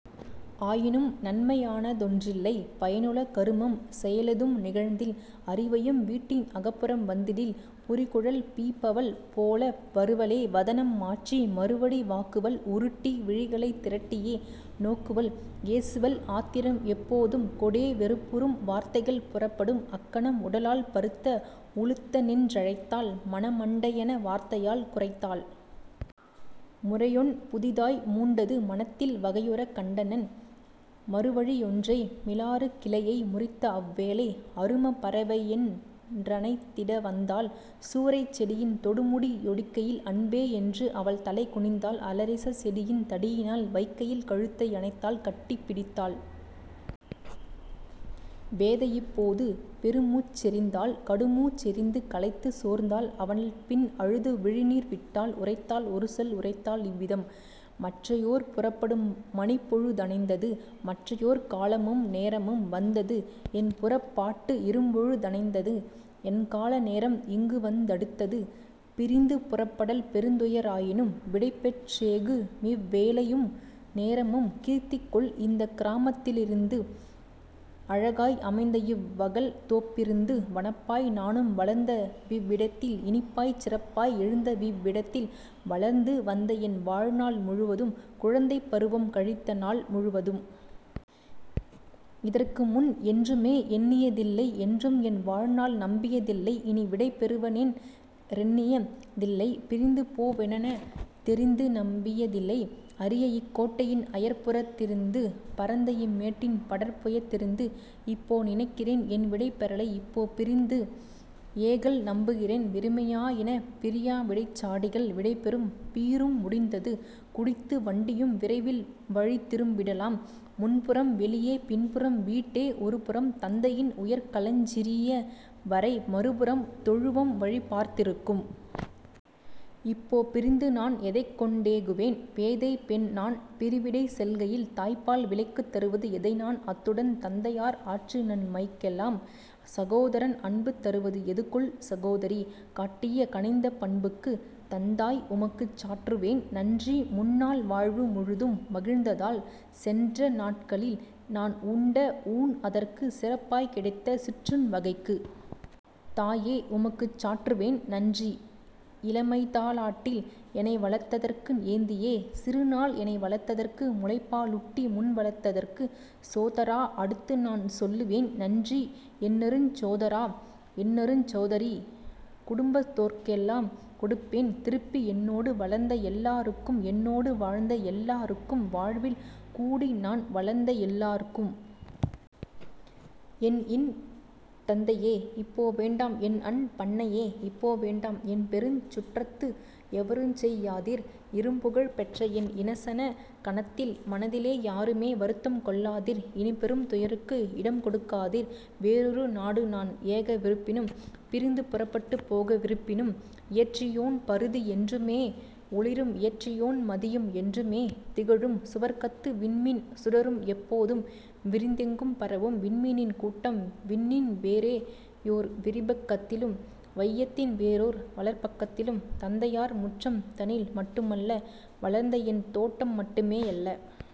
ஆயினும் நன்மை ஆனதொன் றில்லை। பயனுள கருமம் செயலெதும் நிகழ்ந்தில; அரிவையும் வீட்டின் அகப்புறம் வந்திடில் புரிகுழல் பிய்ப்பவள் போல வருவளே வதனம் மாற்றி மறுவடி வாக்குவள் உருட்டி விழிகளைத் திரட்டியே நோக்குவள் ஏசுவள் ஆத்திரம் எப்போதும் கொடே வெறுப்புறும் வார்த்தைகள் புறப்படும் அக்கணம் உடலால் பருத்த உலுத்தனென் றழைத்தாள் மரமண் டையென வார்த்தையால் குரைத்தாள். முறையொன் புதிதாய் மூண்டது மனத்தில் வகையுறக் கண்டனன் மறுவழி யொன்றை: மிலாறுக் கிளையை முறித்தஅவ் வேளை அருமப் பறவையென் றணைத்திட வந்தாள்; சூரைச் செடியின் தொடுமுடி யொடிக்கையில் அன்பே யென்று அவள்தலை குனிந்தாள்; அலரிச் செடியின் தடியினால் வைக்கையில் கழுத்தை யணைத்தாள் கட்டி பிடித்தாள். " பேதையிப் போது பெருமூச்செறிந்தாள் கடுமூச் செறிந்து களைத்துச் சோர்ந்தாள் அவள்பின் அழுது விழிநீர் விட்டாள் உரைத்தாள் ஒருசொல் உரைத்தாள் இவ்விதம்: "மற்றயோர் புறப்படும் மணிப்பொழு தணைந்தது மற்றயோர் காலமும் நேரமும் வந்தது என்புறப் பாட்டு இரும்பொழு தணைந்தது என்கால நேரம் இங்குவந் தடுத்தது பிரிந்து புறப்படல் பெருந்துய ராயினும் விடைபெற் றேகுமிவ் வேளையும் நேரமும் கீர்த்திகொள் இந்தக் கிராமத் திருந்து அழகாய் அமைந்தஇவ் வகல்தோப் பிருந்து வனப்பாய் நானும் வளர்ந்தவிவ் விடத்தில் இனிப்பாய்ச் சிறப்பாய் எழுந்தவிவ் விடத்தில் வளர்ந்து வந்தஎன் வாழ்நாள் முழுவதும் குழந்தைப் பருவம் கழித்தநாள் முழுவதும். இதற்குமுன் என்றுமே எண்ணிய தில்லை என்றும்என் வாழ்நாள் நம்பிய தில்லை இனிவிடை பெறுவனென் றெண்ணிய தில்லை பிரிந்துபோ வேனெனத் தெரிந்துநம் பியதிலை அரியஇக் கோட்டையின் அயற்புறத் திருந்து பரந்த இம்மேட்டின் படர்புயத் திருந்து; இப்போ நினைக்கிறேன் என்விடை பெறலை இப்போ பிரிந்து ஏகல்நம் புகிறேன் வெறுமையா யினபிரி யாவிடைச் சாடிகள் விடைபெறும் 'பீரு'ம் முடிந்தது குடித்து வண்டியும் விரைவில் வழிதிரும் பிடலாம் முன்புறம், வெளியே பின்புறம் வீட்டே ஒருபுறம் தந்தையின் உயர்களஞ் சியவறை மறுபுறம் தொழுவம் வழிபார்த் திருக்கும். இப்போ பிரிந்துநான் எதைக்கொண் டேகுவேன் பேதைப் பெண்நான் பிரிவிடைச் செல்கையில் தாய்ப்பால் விலைக்குத் தருவது எதைநான் அத்துடன் தந்தையார் ஆற்றுநன் மைக்கெலாம் சகோதரன் அன்புக் தருவது எதுகொல் சகோதரி காட்டிய கனிந்த பண்புக்கு? தந்தாய், உமக்குச் சாற்றுவேன் நன்றி முன்னாள் வாழ்வு முழுதும் மகிழ்ந்ததால் சென்றநாட் களில்நான் உண்டஊண் அதற்கு சிறப்பாய்க் கிடைத்த சிற்றுண் வகைக்கு. தாயே, உமக்குச் சாற்றுவேன் நன்றி இளமைதா லாட்டில் எனைவளர்த் ததற்கு ஏந்தியே சிறுநாள் எனைவளர்த் ததற்கு முலைப்பா லுட்டி முன்வளர்த் ததற்கு. சோதரா, அடுத்துநான் சொல்லுவேன் நன்றி என்னருஞ் சோதரா, என்னருஞ் சோதரி, குடும்பத் தோர்க்கெலாம் கொடுப்பேன் திருப்பி என்னோடு வளர்ந்த எல்லா ருக்கும் என்னோடு வாழ்ந்த எல்லா ருக்கும் வாழ்வில் கூடிநான் வளர்ந்தஎல் லார்க்கும். என்இன் தந்தையே இப்போ வேண்டாம் என்அன் பன்னையே இப்போ வேண்டாம் என்பெருஞ் சுற்றத்து எவருஞ்செய் யாதீர் இரும்புகழ் பெற்றஎன் இனசனக் கணத்தில் மனதிலே யாருமே வருத்தம் கொள்ளாதீர் இனிப்பெரும் துயருக்கு இடம்கொடுக் காதீர் வேறொரு நாடுநான் ஏகவிருப் பினும் பிரிந்து புறப்பட்டுப் போக விருப்பினும்! இயற்றியோன் பருதி என்றுமே ஒளிரும் இயற்றியோன் மதியும் என்றுமே திகழும் சுவர்க்கத்து விண்மீன் சுடரும்எப் போதும் விரிந்தெங்கும் பரவும் விண்மீனின் கூட்டம் விண்ணின்வே றேயோர் விரிபக் கத்திலும் வையத்தின் வேறோர் வளர்பக் கத்திலும் தந்தையார் முற்றம் தனில் மட்டுமல்ல வளர்ந்தஎன் தோட்டம் மட்டுமே யல்ல.